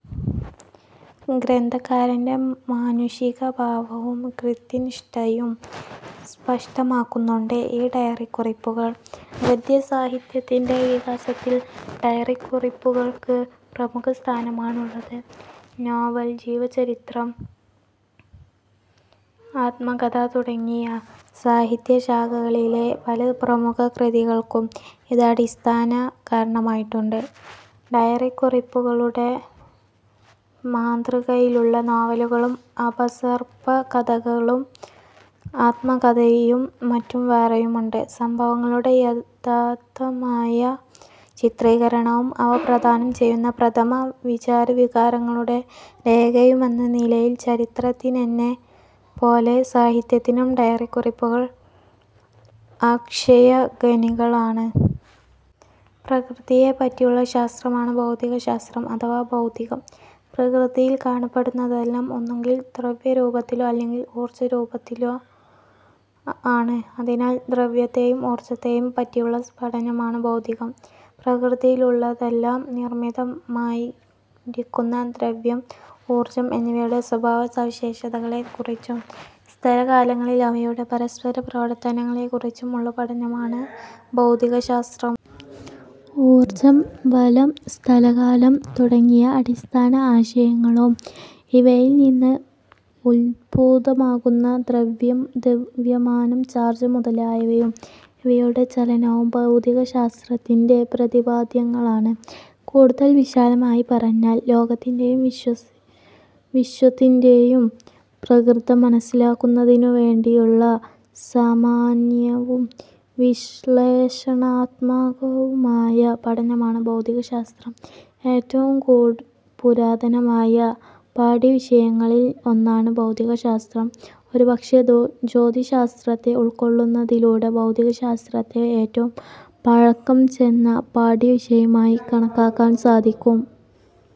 ഗ്രന്ഥകാരന്റെ മാനുഷികഭാവവും കൃത്യനിഷ്ഠയും സ്പഷ്ടമാക്കുന്നുണ്ട് ഈ ഡയറിക്കുറിപ്പുകൾ. ഗദ്യസാഹിത്യത്തിന്റെ വികാസത്തിൽ ഡയറിക്കുറിപ്പുകൾക്ക് പ്രമുഖസ്ഥാനമാണുള്ളത്. നോവൽ, ജീവചരിത്രം, ആത്മകഥ തുടങ്ങിയ സാഹിത്യ ശാഖകളിലെ പല പ്രമുഖകൃതികൾക്കും ഇത് അടിസ്ഥാന കാരണമായിട്ടുണ്ട്. ഡയറിക്കുറിപ്പുകളുടെ മാതൃകയിലുള്ള നോവലുകളും അപസർപ്പകകഥകളും ആത്മകഥയും മറ്റും വേറെയുമുണ്ട്. സംഭവങ്ങളുടെ യഥാതഥമായ ചിത്രീകരണവും അവ പ്രദാനം ചെയ്യുന്ന പ്രഥമ വിചാര വികാരങ്ങളുടെ രേഖയുമെന്ന നിലയിൽ ചരിത്രത്തിനെന്ന പോലെ സാഹിത്യത്തിനും ഡയറിക്കുറിപ്പുകൾ അക്ഷയഖനികളാണ്. പ്രകൃതിയെപ്പറ്റിയുള്ള ശാസ്ത്രമാണ് ഭൗതികശാസ്ത്രം അഥവാ ഭൗതികം. പ്രകൃതിയിൽ കാണപ്പെടുന്നതെല്ലാം ഒന്നുകിൽ ദ്രവ്യരൂപത്തിലോ അല്ലെങ്കിൽ ഊർജരൂപത്തിലോ ആണ്. അതിനാൽ ദ്രവ്യത്തെയും ഊർജ്ജത്തെയും പറ്റിയുള്ള പഠനമാണ് ഭൗതികം. പ്രകൃതിയിലുള്ളതെല്ലാം നിർമ്മിതമായിരിക്കുന്ന ദ്രവ്യം, ഊർജം എന്നിവയുടെ സ്വഭാവ സവിശേഷതകളെ കുറിച്ചും, സ്ഥലകാലങ്ങളിൽ അവയുടെ പരസ്പര പ്രവർത്തനങ്ങളെ കുറിച്ചും ഉള്ള പഠനമാണ് ഭൗതികശാസ്ത്രം. ഊർജം, ബലം, സ്ഥലകാലം തുടങ്ങിയ അടിസ്ഥാന ആശയങ്ങളും ഇവയിൽനിന്ന് ഉത്ഭൂതമാകുന്ന ദ്രവ്യം, ദ്രവ്യമാനം, ചാർജ് മുതലായവയും ഇവയുടെ ചലനവും ഭൗതികശാസ്ത്രത്തിന്റെ പ്രതിപാദ്യങ്ങളാണ്. കൂടുതൽ വിശാലമായി പറഞ്ഞാൽ, ലോകത്തിന്റെയും വിശ്വത്തിന്റെയും പ്രകൃതം മനസ്സിലാക്കുന്നതിനുവേണ്ടിയുള്ള സാമാന്യവും വിശ്ലേഷണാത്മകവുമായ പഠനമാണ് ഭൗതികശാസ്ത്രം. ഏറ്റവും പുരാതനമായ പാഠ്യവിഷയങ്ങളിൽ ഒന്നാണ് ഭൗതികശാസ്ത്രം. ഒരുപക്ഷേ, ജ്യോതിശാസ്ത്രത്തെ ഉൾക്കൊള്ളുന്നതിലൂടെ ഭൗതികശാസ്ത്രത്തെ ഏറ്റവും പഴക്കം ചെന്ന പാഠ്യവിഷയമായി കണക്കാക്കാൻ സാധിക്കും.